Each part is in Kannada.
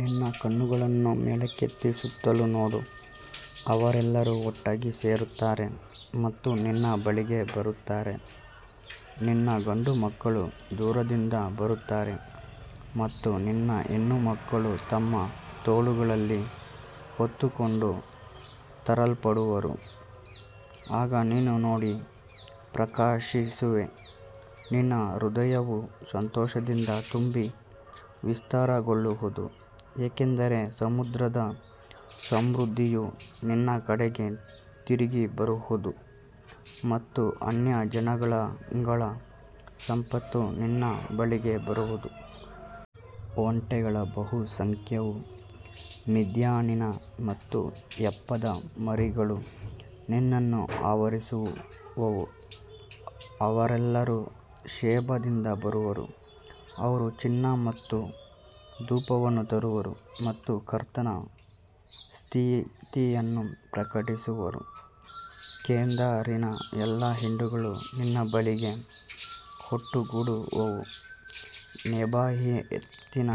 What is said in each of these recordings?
ನಿನ್ನ ಕಣ್ಣುಗಳನ್ನು ಮೇಲಕ್ಕೆತ್ತಿ ಸುತ್ತಲೂ ನೋಡು; ಅವರೆಲ್ಲರೂ ಒಟ್ಟಾಗಿ ಸೇರುತ್ತಾರೆ ಮತ್ತು ನಿನ್ನ ಬಳಿಗೆ ಬರುತ್ತಾರೆ. ನಿನ್ನ ಗಂಡುಮಕ್ಕಳು ದೂರದಿಂದ ಬರುತ್ತಾರೆ ಮತ್ತು ನಿನ್ನ ಹೆಣ್ಣುಮಕ್ಕಳು ತಮ್ಮ ತೋಳುಗಳಲ್ಲಿ ಹೊತ್ತುಕೊಂಡು ತರಲ್ಪಡುವರು. ಆಗ ನೀನು ನೋಡಿ ಪ್ರಕಾಶಿಸುವೆ; ನಿನ್ನ ಹೃದಯವು ಸಂತೋಷದಿಂದ ತುಂಬಿ ವಿಸ್ತಾರಗೊಳ್ಳುವುದು. ಏಕೆಂದರೆ ಸಮುದ್ರದ ಸಮೃದ್ಧಿಯು ನಿನ್ನ ಕಡೆಗೆ ತಿರುಗಿಬರುವುದು ಮತ್ತು ಅನ್ಯಜನಾಂಗಗಳ ಸಂಪತ್ತು ನಿನ್ನ ಬಳಿಗೆ ಬರುವುದು. ಒಂಟೆಗಳ ಬಹುಸಂಖ್ಯೆಯೂ ಮಿದ್ಯಾನಿನ ಮತ್ತು ಎಫಾದ ಮರಿಗಳೂ ನಿನ್ನನ್ನು ಆವರಿಸುವವು. ಅವರೆಲ್ಲರೂ ಶೆಬಾದಿಂದ ಬರುವರು; ಅವರು ಚಿನ್ನ ಮತ್ತು ಧೂಪವನ್ನು ತರುವರು ಮತ್ತು ಕರ್ತನ ಸ್ತುತಿಯನ್ನು ಪ್ರಕಟಿಸುವರು. ಕೇದಾರಿನ ಎಲ್ಲಾ ಹಿಂಡುಗಳು ನಿನ್ನ ಬಳಿಗೆ ಒಟ್ಟುಗೂಡುವವು; ನೆಬಾಯೋತಿನ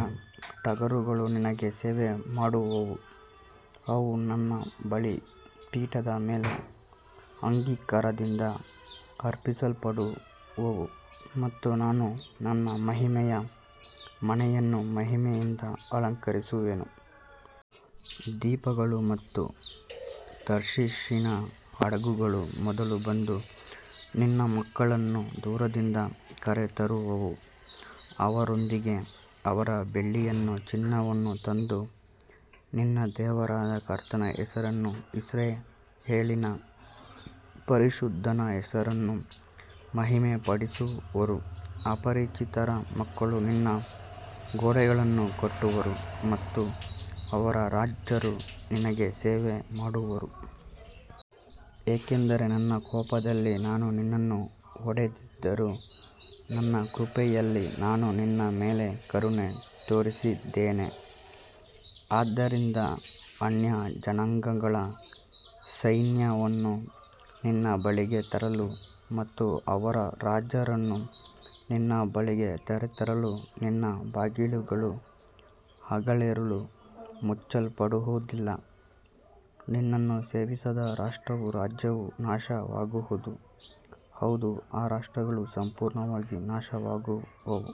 ಟಗರುಗಳು ನಿನಗೆ ಸೇವೆ ಮಾಡುವವು. ಅವು ನನ್ನ ಬಲಿಪೀಠದ ಮೇಲೆ ಅಂಗೀಕಾರದಿಂದ ಅರ್ಪಿಸಲ್ಪಡುವವು ಮತ್ತು ನಾನು ನನ್ನ ಮಹಿಮೆಯ ಮನೆಯನ್ನು ಮಹಿಮೆಯಿಂದ ಅಲಂಕರಿಸುವೆನು. ದ್ವೀಪಗಳು ಮತ್ತು ತಾರ್ಷೀಷಿನ ಹಡಗುಗಳು ಮೊದಲು ಬಂದು ನಿನ್ನ ಮಕ್ಕಳನ್ನು ದೂರದಿಂದ ಕರೆತರುವವು. ಅವರೊಂದಿಗೆ ಅವರ ಬೆಳ್ಳಿಯನ್ನೂ ಚಿನ್ನವನ್ನೂ ತಂದು ನಿನ್ನ ದೇವರಾದ ಕರ್ತನ ಹೆಸರನ್ನೂ ಇಸ್ರಾಯೇಲಿನ ಪರಿಶುದ್ಧನ ಹೆಸರನ್ನೂ ಮಹಿಮೆಪಡಿಸುವರು. ಅಪರಿಚಿತರ ಮಕ್ಕಳು ನಿನ್ನ ಗೋಡೆಗಳನ್ನು ಕಟ್ಟುವರು ಮತ್ತು ಅವರ ರಾಜರು ನಿನಗೆ ಸೇವೆ ಮಾಡುವರು. ಏಕೆಂದರೆ ನನ್ನ ಕೋಪದಲ್ಲಿ ನಾನು ನಿನ್ನನ್ನು ಹೊಡೆದಿದ್ದರೂ, ನನ್ನ ಕೃಪೆಯಲ್ಲಿ ನಾನು ನಿನ್ನ ಮೇಲೆ ಕರುಣೆ ತೋರಿಸಿದ್ದೇನೆ. ಆದ್ದರಿಂದ ಅನ್ಯಜನಾಂಗಗಳ ಸೈನ್ಯವನ್ನು ನಿನ್ನ ಬಳಿಗೆ ತರಲು ಮತ್ತು ಅವರ ರಾಜರನ್ನು ನಿನ್ನ ಬಳಿಗೆ ಕರೆತರಲು ನಿನ್ನ ಬಾಗಿಲುಗಳು ಹಗಲಿರುಳು ಮುಚ್ಚಲ್ಪಡುವುದಿಲ್ಲ. ನಿನ್ನನ್ನು ಸೇವಿಸದ ರಾಷ್ಟ್ರವೂ ರಾಜ್ಯವೂ ನಾಶವಾಗುವುದು; ಹೌದು, ಆ ರಾಷ್ಟ್ರಗಳು ಸಂಪೂರ್ಣವಾಗಿ ನಾಶವಾಗುವವು.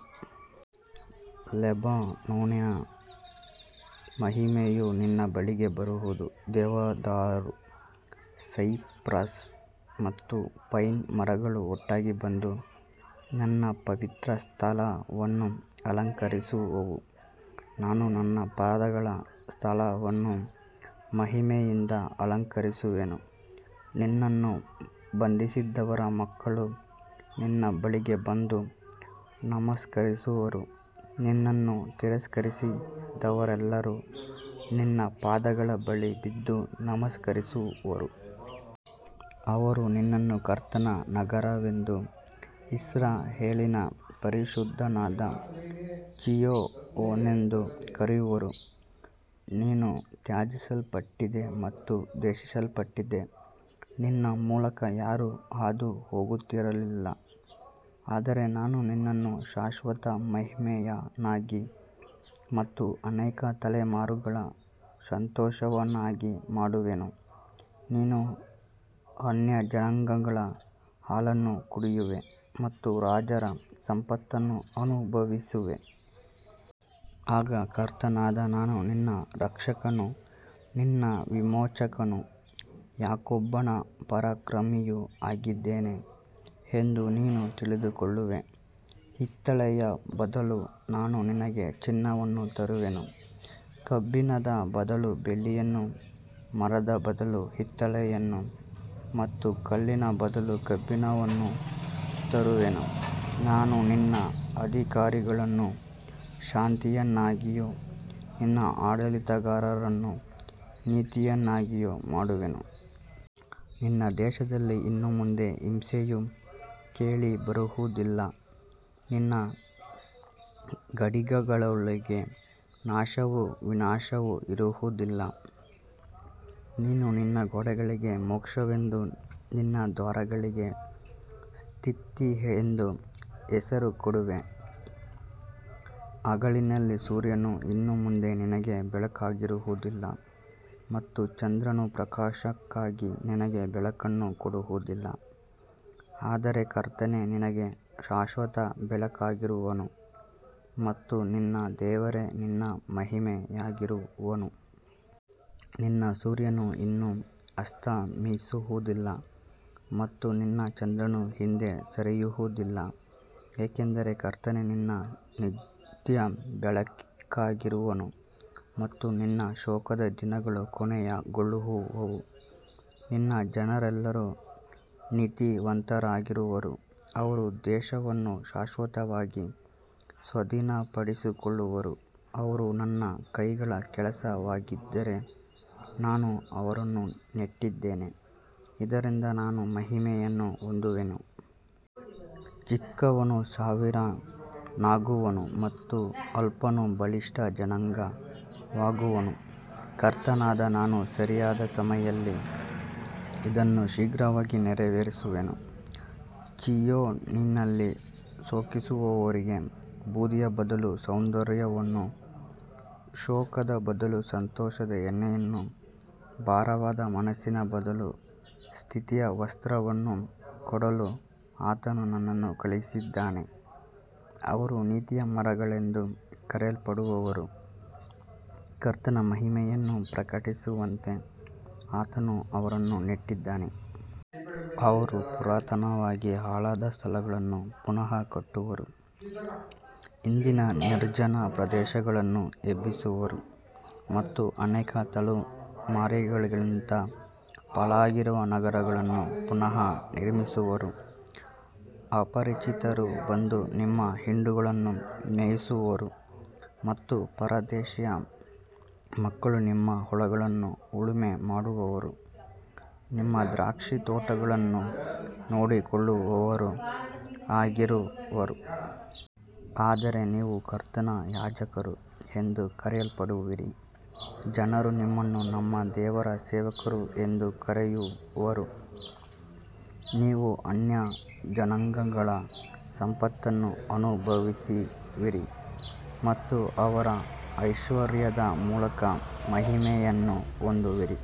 ಲೆಬನೋನಿನ ಮಹಿಮೆಯು ನಿನ್ನ ಬಳಿಗೆ ಬರುವುದು; ದೇವದಾರು, ಸೈಪ್ರಸ್ ಮತ್ತು ಪೈನ್ ಮರಗಳು ಒಟ್ಟಾಗಿ ಬಂದು ನನ್ನ ಪವಿತ್ರ ಸ್ಥಳವನ್ನು ಅಲಂಕರಿಸುವವು. ನಾನು ನನ್ನ ಪಾದಗಳ ಸ್ಥಳವನ್ನು ಮಹಿಮೆಯಿಂದ ಅಲಂಕರಿಸುವೆನು. ನಿನ್ನನ್ನು ಬಾಧಿಸಿದವರ ಮಕ್ಕಳು ನಿನ್ನ ಬಳಿಗೆ ಬಂದು ನಮಸ್ಕರಿಸುವರು; ನಿನ್ನನ್ನು ತಿರಸ್ಕರಿಸಿದವರೆಲ್ಲರೂ ನಿನ್ನ ಪಾದಗಳ ಬಳಿ ಬಿದ್ದು ನಮಸ್ಕರಿಸುವರು. ಅವರು ನಿನ್ನನ್ನು ಕರ್ತನ ನಗರವೆಂದೂ ಇಸ್ರಾಯೇಲಿನ ಪರಿಶುದ್ಧನಾದ ಚೀಯೋನೆಂದೂ ಕರೆಯುವರು. ನೀನು ತ್ಯಜಿಸಲ್ಪಟ್ಟಿದ್ದೆ ಮತ್ತು ದ್ವೇಷಿಸಲ್ಪಟ್ಟಿದ್ದೆ; ನಿನ್ನ ಮೂಲಕ ಯಾರೂ ಹಾದುಹೋಗುತ್ತಿರಲಿಲ್ಲ. ಆದರೆ ನಾನು ನಿನ್ನನ್ನು ಶಾಶ್ವತ ಮಹಿಮೆಯನ್ನಾಗಿ ಮತ್ತು ಅನೇಕ ತಲೆಮಾರುಗಳ ಸಂತೋಷವನ್ನಾಗಿ ಮಾಡುವೆನು. ನೀನು ಅನ್ಯಜನಾಂಗಗಳ ಹಾಲನ್ನು ಕುಡಿಯುವೆ ಮತ್ತು ರಾಜರ ಸಂಪತ್ತನ್ನು ಅನುಭವಿಸುವೆ. ಆಗ ಕರ್ತನಾದ ನಾನು ನಿನ್ನ ರಕ್ಷಕನೂ ನಿನ್ನ ವಿಮೋಚಕನೂ ಯಾಕೋಬನ ಪರಾಕ್ರಮಿಯೂ ಆಗಿದ್ದೇನೆ ಎಂದು ನೀನು ತಿಳಿದುಕೊಳ್ಳುವೆ. ಹಿತ್ತಾಳೆಯ ಬದಲು ನಾನು ನಿನಗೆ ಚಿನ್ನವನ್ನು ತರುವೆನು; ಕಬ್ಬಿಣದ ಬದಲು ಬೆಳ್ಳಿಯನ್ನು, ಮರದ ಬದಲು ಹಿತ್ತಾಳೆಯನ್ನು ಮತ್ತು ಕಲ್ಲಿನ ಬದಲು ಕಬ್ಬಿಣವನ್ನು ತರುವೆನು. ನಾನು ನಿನ್ನ ಅಧಿಕಾರಿಗಳನ್ನು ಶಾಂತಿಯನ್ನಾಗಿಯೂ ನಿನ್ನ ಆಡಳಿತಗಾರರನ್ನು ನೀತಿಯನ್ನಾಗಿಯೂ ಮಾಡುವೆನು. ನಿನ್ನ ದೇಶದಲ್ಲಿ ಇನ್ನು ಮುಂದೆ ಹಿಂಸೆಯು ಕೇಳಿಬರುವುದಿಲ್ಲ; ನಿನ್ನ ಗಡಿಗಳೊಳಗೆ ನಾಶವೂ ವಿನಾಶವೂ ಇರುವುದಿಲ್ಲ. ನೀನು ನಿನ್ನ ಗೋಡೆಗಳಿಗೆ ಮೋಕ್ಷವೆಂದೂ ನಿನ್ನ ದ್ವಾರಗಳಿಗೆ ಸ್ತುತಿಯೆಂದೂ ಹೆಸರು ಕೊಡುವೆ. ಹಗಲಿನಲ್ಲಿ ಸೂರ್ಯನು ಇನ್ನು ಮುಂದೆ ನಿನಗೆ ಬೆಳಕಾಗಿರುವುದಿಲ್ಲ ಮತ್ತು ಚಂದ್ರನು ಪ್ರಕಾಶಕ್ಕಾಗಿ ನಿನಗೆ ಬೆಳಕನ್ನು ಕೊಡುವುದಿಲ್ಲ. ಆದರೆ ಕರ್ತನೇ ನಿನಗೆ ಶಾಶ್ವತ ಬೆಳಕಾಗಿರುವನು ಮತ್ತು ನಿನ್ನ ದೇವರೇ ನಿನ್ನ ಮಹಿಮೆಯಾಗಿರುವನು. ನಿನ್ನ ಸೂರ್ಯನು ಇನ್ನು ಅಸ್ತಮಿಸುವುದಿಲ್ಲ ಮತ್ತು ನಿನ್ನ ಚಂದ್ರನು ಹಿಂದೆ ಸರಿಯುವುದಿಲ್ಲ; ಏಕೆಂದರೆ ಕರ್ತನೇ ನಿನ್ನ ನಿತ್ಯ ಬೆಳಕಾಗಿರುವನು ಮತ್ತು ನಿನ್ನ ಶೋಕದ ದಿನಗಳು ಕೊನೆಗೊಳ್ಳುವವು. ನಿನ್ನ ಜನರೆಲ್ಲರೂ ನೀತಿವಂತರಾಗಿರುವರು; ಅವರು ದೇಶವನ್ನು ಶಾಶ್ವತವಾಗಿ ಸ್ವಾಧೀನಪಡಿಸಿಕೊಳ್ಳುವರು. ಅವರು ನನ್ನ ಕೈಗಳ ಕೆಲಸವಾಗಿದ್ದಾರೆ; ನಾನು ಅವರನ್ನು ನೆಟ್ಟಿದ್ದೇನೆ, ಇದರಿಂದ ನಾನು ಮಹಿಮೆಯನ್ನು ಹೊಂದುವೆನು. ಚಿಕ್ಕವನು ಸಾವಿರನಾಗುವನು ಮತ್ತು ಅಲ್ಪನು ಬಲಿಷ್ಠ ಜನಾಂಗವಾಗುವನು. ಕರ್ತನಾದ ನಾನು ಸರಿಯಾದ ಸಮಯದಲ್ಲಿ ಇದನ್ನು ಶೀಘ್ರವಾಗಿ ನೆರವೇರಿಸುವೆನು. ಚೀಯೋನಿನಲ್ಲಿ ಶೋಕಿಸುವವರಿಗೆ ಬೂದಿಯ ಬದಲು ಸೌಂದರ್ಯವನ್ನೂ, ಶೋಕದ ಬದಲು ಸಂತೋಷದ ಎಣ್ಣೆಯನ್ನೂ, ಭಾರವಾದ ಮನಸ್ಸಿನ ಬದಲು ಸ್ತುತಿಯ ವಸ್ತ್ರವನ್ನೂ ಕೊಡಲು ಆತನು ನನ್ನನ್ನು ಕಳುಹಿಸಿದ್ದಾನೆ. ಅವರು ನೀತಿಯ ಮರಗಳೆಂದು ಕರೆಯಲ್ಪಡುವರು; ಕರ್ತನ ಮಹಿಮೆಯನ್ನು ಪ್ರಕಟಿಸುವಂತೆ ಆತನು ಅವರನ್ನು ನೆಟ್ಟಿದ್ದಾನೆ. ಅವರು ಪುರಾತನವಾಗಿ ಹಾಳಾದ ಸ್ಥಳಗಳನ್ನು ಪುನಃ ಕಟ್ಟುವರು; ಹಿಂದಿನ ನಿರ್ಜನ ಪ್ರದೇಶಗಳನ್ನು ಎಬ್ಬಿಸುವರು ಮತ್ತು ಅನೇಕ ತಲೆಮಾರುಗಳಿಂದ ಪಾಳಾಗಿರುವ ನಗರಗಳನ್ನು ಪುನಃ ನಿರ್ಮಿಸುವರು. ಅಪರಿಚಿತರು ಬಂದು ನಿಮ್ಮ ಹಿಂಡುಗಳನ್ನು ಮೇಯಿಸುವರು ಮತ್ತು ಪರದೇಶಿಯ ಮಕ್ಕಳು ನಿಮ್ಮ ಹೊಲಗಳನ್ನು ಉಳುಮೆ ಮಾಡುವವರೂ ನಿಮ್ಮ ದ್ರಾಕ್ಷಿತೋಟಗಳನ್ನು ನೋಡಿಕೊಳ್ಳುವವರೂ ಆಗಿರುವರು. ಆದರೆ ನೀವು ಕರ್ತನ ಯಾಜಕರು ಎಂದು ಕರೆಯಲ್ಪಡುವಿರಿ; ಜನರು ನಿಮ್ಮನ್ನು ನಮ್ಮ ದೇವರ ಸೇವಕರು ಎಂದು ಕರೆಯುವರು. ನೀವು ಅನ್ಯಜನಾಂಗಗಳ ಸಂಪತ್ತನ್ನು ಅನುಭವಿಸುವಿರಿ ಮತ್ತು ಅವರ ಐಶ್ವರ್ಯದ ಮೂಲಕ ಮಹಿಮೆಯನ್ನು ಹೊಂದುವಿರಿ.